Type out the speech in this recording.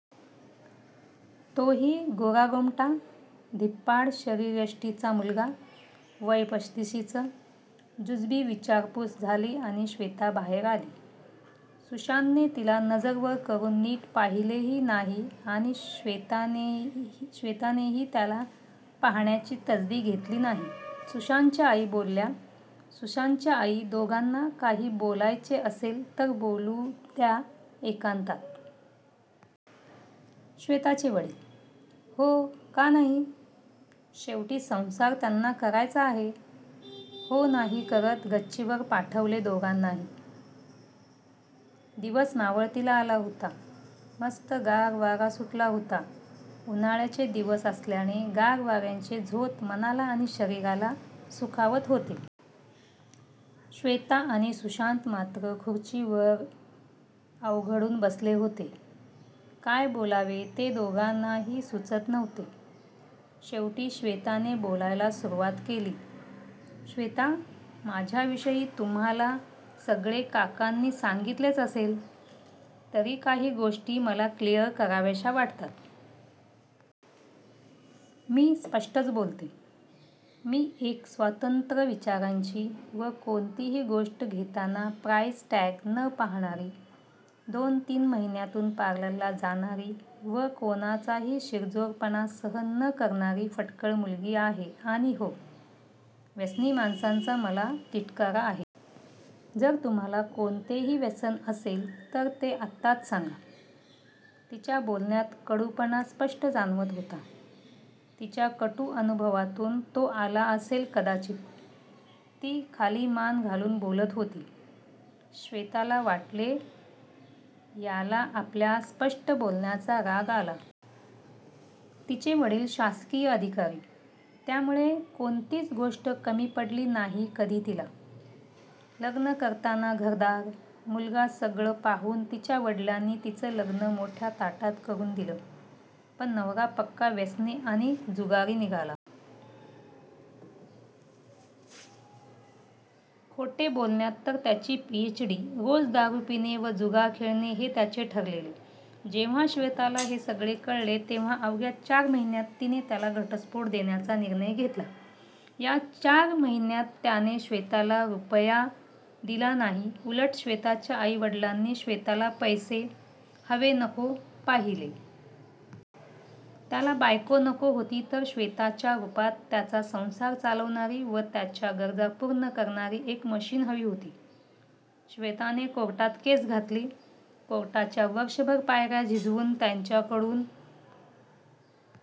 तोही गोरागोमटा, धिप्पाड शरीरयष्टीचा मुलगा, वय पस्तिशीचं. जुजबी विचारपूस झाली आणि श्वेता बाहेर आली. सुशांतने तिला नजर वर करून नीट पाहिलेही नाही आणि श्वेतानेही त्याला पाहण्याची तसदी घेतली नाही. सुशांतच्या आई बोलल्या, सुशांतच्या आई, दोघांना काही बोलायचे असेल तर बोलू द्या एकांतात. श्वेताचे वडील, हो का नाही, शेवटी संसार त्यांना करायचा आहे. हो-नाही करत गच्चीवर पाठवले दोघांनाही! दिवस मावळतीला आला होता. मस्त गार वारा सुटला होता, उन्हाळ्याचे दिवस असल्याने गार वाऱ्याचे झोत मनाला आणि शरीराला सुखावत होते. श्वेता आणि सुशांत मात्र खुर्चीवर अवघडून बसले होते. काय बोलावे ते दोघांनाही सुचत नव्हते. शेवटी श्वेताने बोलायला सुरुवात केली. श्वेता, माझ्याविषयी तुम्हाला सगळे काकांनी सांगितलेच असेल, तरी काही गोष्टी मला क्लिअर कराव्याशा वाटतात. मी स्पष्टच बोलते. मी एक स्वतंत्र विचारांची व कोणतीही गोष्ट घेताना प्राईज टॅग न पाहणारी, दोन-तीन महिन्यांतून पारललला जाणारी व कोणाचाही शिरजोरपणा सहन न करणारी फटकळ मुलगी आहे आणि हो, व्यसनी माणसांचा मला तिटकारा आहे. जर तुम्हाला कोणतेही व्यसन असेल तर ते आत्ताच सांगा. तिच्या बोलण्यात कडूपणा स्पष्ट जाणवत होता. तिच्या कटू अनुभवातून तो आला असेल कदाचित. ती खाली मान घालून बोलत होती. श्वेताला वाटले याला आपल्या स्पष्ट बोलण्याचा राग आला. तिचे वडील शासकीय अधिकारी, त्यामुळे कोणतीच गोष्ट कमी पडली नाही कधी तिला! लग्न करताना घरदार, मुलगा सगळं पाहून तिच्या वडिलांनी तिचं लग्न मोठ्या थाटात करून दिलं. पण नवरा पक्का व्यसनी आणि जुगारी निघला. खोटे बोलण्यात तर त्याची पी.एच.डी., रोज दारू पिणे व जुगार खेळणे हे त्याचे ठरलेले. जेव्हा श्वेताला हे सगळे कळले तेव्हा अवघ्या चार महिन्यांत तिने त्याला घटस्फोट देण्याचा निर्णय घेतला. या चार महिन्यांत त्याने श्वेताला रुपया दिला नाही, उलट श्वेताच्या आई-वडिलांनी श्वेताला पैसे, हवे-नको पाहिले. त्याला बायको नको होती तर श्वेताच्या रूपात त्याचा संसार चालवणारी व त्याच्या गरजा पूर्ण करणारी एक मशीन हवी होती. श्वेताने कोर्टात केस घातली, कोर्टाच्या वर्षभर पायऱ्या झिजवून त्याच्याकडून